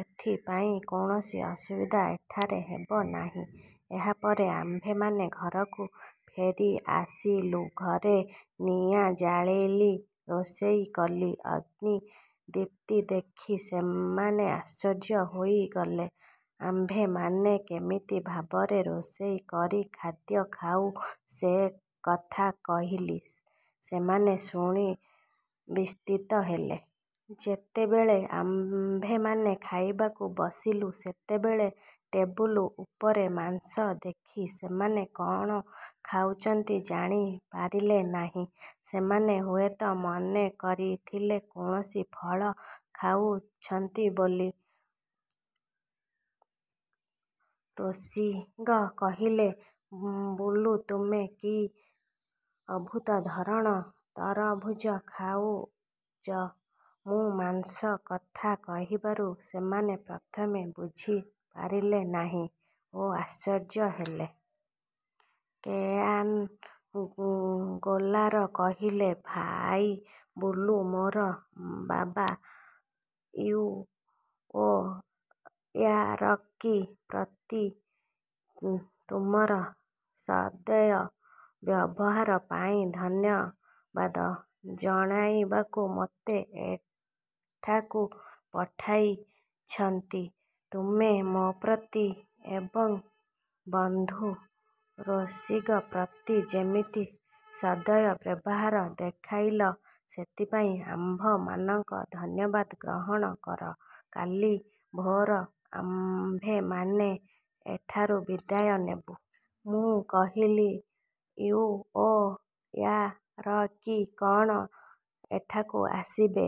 ଏଇଥିପାଇଁ କୌଣସି ଅସୁବିଧା ଏଠାରେ ହେବ ନାହିଁ। ଏହାପରେ ଆମ୍ଭେମାନେ ଘରକୁ ଫେରିଆସିଲୁଁ, ଘରେ ନିଆଁ ଜାଳିଲି, ରୋଷାଇ କଲି। ଅଗ୍ନି ଦୀପ୍ତି ଦେଖି ସେମାନେ ଆଶ୍ଚର୍ଯ୍ୟ ହୋଇଗଲେ। ଆମ୍ଭେମାନେ କେମିତି ଭାବରେ ରୋଷାଇ କରି ଖାଦ୍ୟ ଖାଉଁ ସେ କଥା କହିଲି। ସେମାନେ ଶୁଣି ବିସ୍ମିତ ହେଲେ। ଯେତେବେଳେ ଆମ୍ଭେମାନେ ଖାଇବାକୁ ବସିଲୁ, ସେତେବେଳେ ଟେବୁଲ ଉପରେ ମାଂସ ଦେଖି ସେମାନେ କ'ଣ ଖାଉଛନ୍ତି ଜାଣିପାରିଲେ ନାହିଁ। ସେମାନେ ହୁଏତ ମନେକରିଥିଲେ କୌଣସି ଫଳ ଖାଉଛନ୍ତି ବୋଲି। ରୋସିଗ କହିଲେ, ''ବୁଲୁ, ତୁମେ କି ଅଦ୍ଭୁତଧରଣ ତରବୁଜ ଖୁଆଉଛ? '' ମୁଁ ମାଂସ କଥା କହିବାରୁ ସେମାନେ ପ୍ରଥମେ ବୁଝିପାରିଲେ ନାହିଁ ଓ ଆଶ୍ଚର୍ଯ୍ୟ ହେଲେ-। କୋୟାନ ଗୋଲାର କହିଲେ, ଭାଇ ବୁଲୁ, ମୋର ବାବା ଇଉଓୟାରକି ପ୍ରତି ତୁମର ସଦୟ ବ୍ୟବହାରପାଇଁ ଧନ୍ୟବାଦ ଜଣାଇବାକୁ ମୋତେ ଏଠାକୁ ପଠାଇଛନ୍ତି। ତୁମେ ମୋ'ପ୍ରତି ଏବଂ ବନ୍ଧୁ ରୋସିଗ ପ୍ରତି ଯେମିତି ସଦୟ ବ୍ୟବହାର ଦେଖାଇଲ, ସେଥିପାଇଁ ଆମ୍ଭମାନଙ୍କ ଧନ୍ୟବାଦ ଗ୍ରହଣ କର। କାଲି ଭୋର ଆମ୍ଭେମାନେ ଏଠାରୁ ବିଦାୟ ନେବୁ। ମୁଁ କହିଲି, ଇଉଓୟାରକି କ'ଣ ଏଠାକୁ ଆସିବେ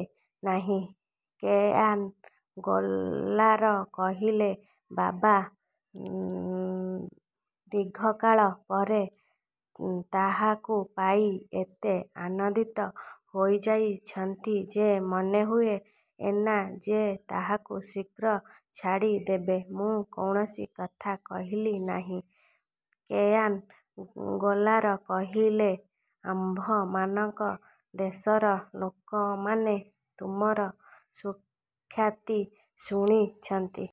ନାହିଁ? କୋୟାନ ଗୋଲାର କହିଲେ, ''ବାବା ଦୀର୍ଘକାଳ ପରେ ତାହାକୁ ପାଇ ଏତେ ଆନନ୍ଦିତ ହୋଇଯାଇଛନ୍ତି ଯେ, ମନେହୁଏନା ଯେ ତାହାକୁ ଶୀଘ୍ର ଛାଡ଼ିଦେବେ। '' ମୁଁ କୌଣସି କଥା କହିଲି ନାହିଁ। କୋୟାନ ଗୋଲାର କହିଲେ, ''ଆମ୍ଭମାନଙ୍କ ଦେଶର ଲୋକମାନେ ତୁମର ସୁଖ୍ୟାତି ଶୁଣିଛନ୍ତି।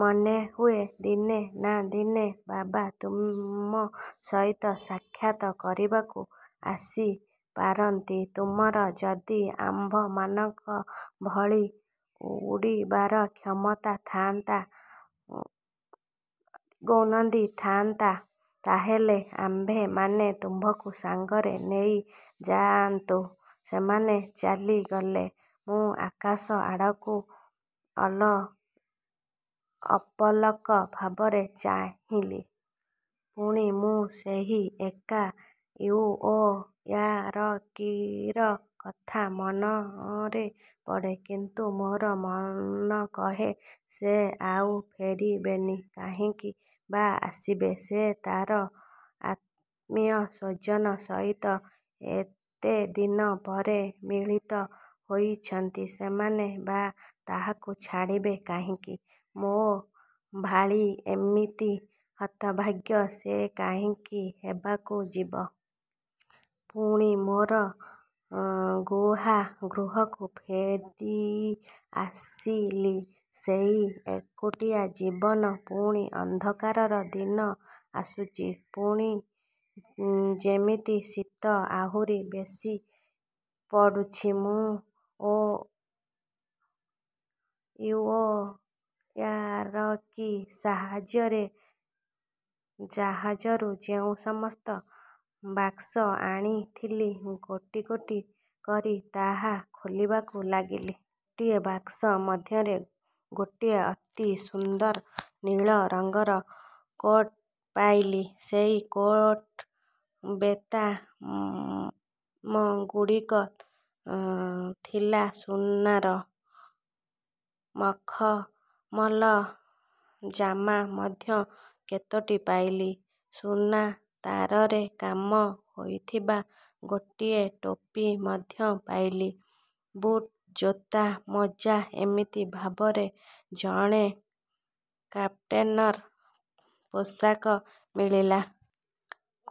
ମନେହୁଏ ଦିନେ ନା ଦିନେ ବାବା ତୁମ ସହିତ ସାକ୍ଷାତ କରିବାକୁ ଆସିପାରନ୍ତି। ତୁମର ଯଦି ଆମ୍ଭମାନଙ୍କ ଭଳି ଉଡ଼ିବାର କ୍ଷମତା ଥାଆନ୍ତା, ଗ୍ରୌନଦି ଥାଆନ୍ତା, ତାହାହେଲେ ଆମ୍ଭେମାନେ ତୁମ୍ଭଙ୍କୁ ସଙ୍ଗରେ ନେଇ ଯାଇଥା'ନ୍ତୁ। ସେମାନେ ଚାଲିଗଲେ। ମୁଁ ଆକାଶ ଆଡ଼କୁ ଅପଲକ ଭାବରେ ଚାହିଁରହିଲି। ପୁଣି ମୁଁ ସେହି ଏକା। ଇଉଓୟାରକିର। କଥା ମନରେ ପଡ଼େ। କିନ୍ତୁ ମୋର ମନ କହେ ସେ ଆଉ ଫେରିବେନି। କାହିଁକି ବା ଆସିବେ? ସେ ତା'ର ଆତ୍ମୀୟସ୍ୱଜନ ସହିତ ଏତେଦିନ ପରେ ମିଳିତ ହୋଇଛନ୍ତି। ସେମାନେ ବା ତାହାକୁ ଛାଡ଼ିବେ କାହିଁକି? ମୋ'ଭାଳି ଏମିତି ହତଭାଗ୍ୟ ସେ କାହିଁକି ହେବାକୁ ଯିବ? ପୁଣି ମୋର ଗୁହା ଗୃହକୁ ଫେରିଆସିଲି। ସେଇ ଏକୁଟିଆ ଜୀବନ। ପୁଣି ଅନ୍ଧକାରର ଦିନ ଆସୁଛି। ପୁଣି ଯେମିତି ଶୀତ ଆହୁରି ବେଶି ପଡ଼ୁଛି। ମୁଁ ଇଉଓୟାରକି ସାହାଯ୍ୟରେ ଜାହାଜରୁ ଯେଉଁ ସମସ୍ତ ବାକ୍ସ ଆଦି ଆଣିଥିଲି, ଗୋଟି ଗୋଟି କରି ତାହା ଖୋଲିବାକୁ ଲାଗିଲି। ଗୋଟିଏ ବାକ୍ସ ମଧ୍ୟରେ ଗୋଟିଏ ଅତି ସୁନ୍ଦର ନୀଳରଙ୍ଗର କୋଟ୍ ପାଇଲି। ସେଇ କୋଟ୍ର ବୋତାମଗୁଡ଼ିକ ଥିଲା ସୁନାର। ମଖମଲର ଜାମା ମଧ୍ୟ କେତୋଟି ପାଇଲି। ସୁନା ତାରରେ କାମ ହୋଇଥିବା ଗୋଟିଏ ଟୋପି ମଧ୍ୟ ପାଇଲି। ବୁଟ୍ ଜୋତା, ମୋଜା–ଏମିତି ଭାବରେ ଜଣେ କାପ୍ଟେନର ପୋଷାକ ମିଳିଲା।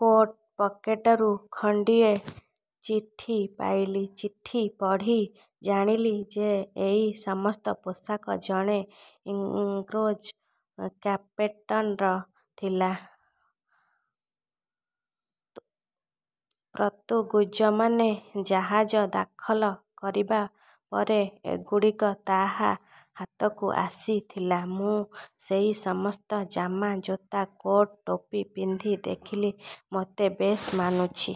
କୋଟ୍ ପକେଟରୁ ଖଣ୍ଡିଏ ଚିଠି ପାଇଲି, ଚିଠି ପଢ଼ି ଜାଣିଲି ଯେ, ଏଇ ସମସ୍ତ ପୋଷାକ ଜଣେ ଇଂରେଜ କାପ୍ଟେନର ଥିଲା। ପର୍ତ୍ତୁଗୀଜମାନେ ଜାହାଜ ଦଖଲ କରିବା ପରେ ଏଗୁଡ଼ିକ ତାଙ୍କ ହାତକୁ ଆସିଥିଲା। ମୁଁ ସେହି ସମସ୍ତ ଜାମା, ଜୋତା, କୋଟ୍, ଟୋପି ପିନ୍ଧି ଦେଖିଲି, ମୋତେ ବେଶ୍ ମାନୁଛି।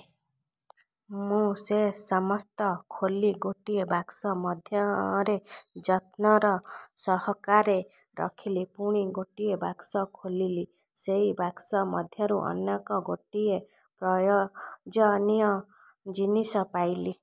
ମୁଁ ସେ ସମସ୍ତ ଖୋଲି ଗୋଟିଏ ବାକ୍ସ ମଧ୍ୟରେ ଯତ୍ନର ସହକାରେ ରଖିଲି। ପୁଣି ଗୋଟିଏ ବାକ୍ସ ଖୋଲିଲି। ସେହି ବାକ୍ସ ମଧ୍ୟରୁ ଅନେକଗୁଡ଼ିଏ ପ୍ରୟୋଜନୀୟ ଜିନିଷ ପାଇଲି।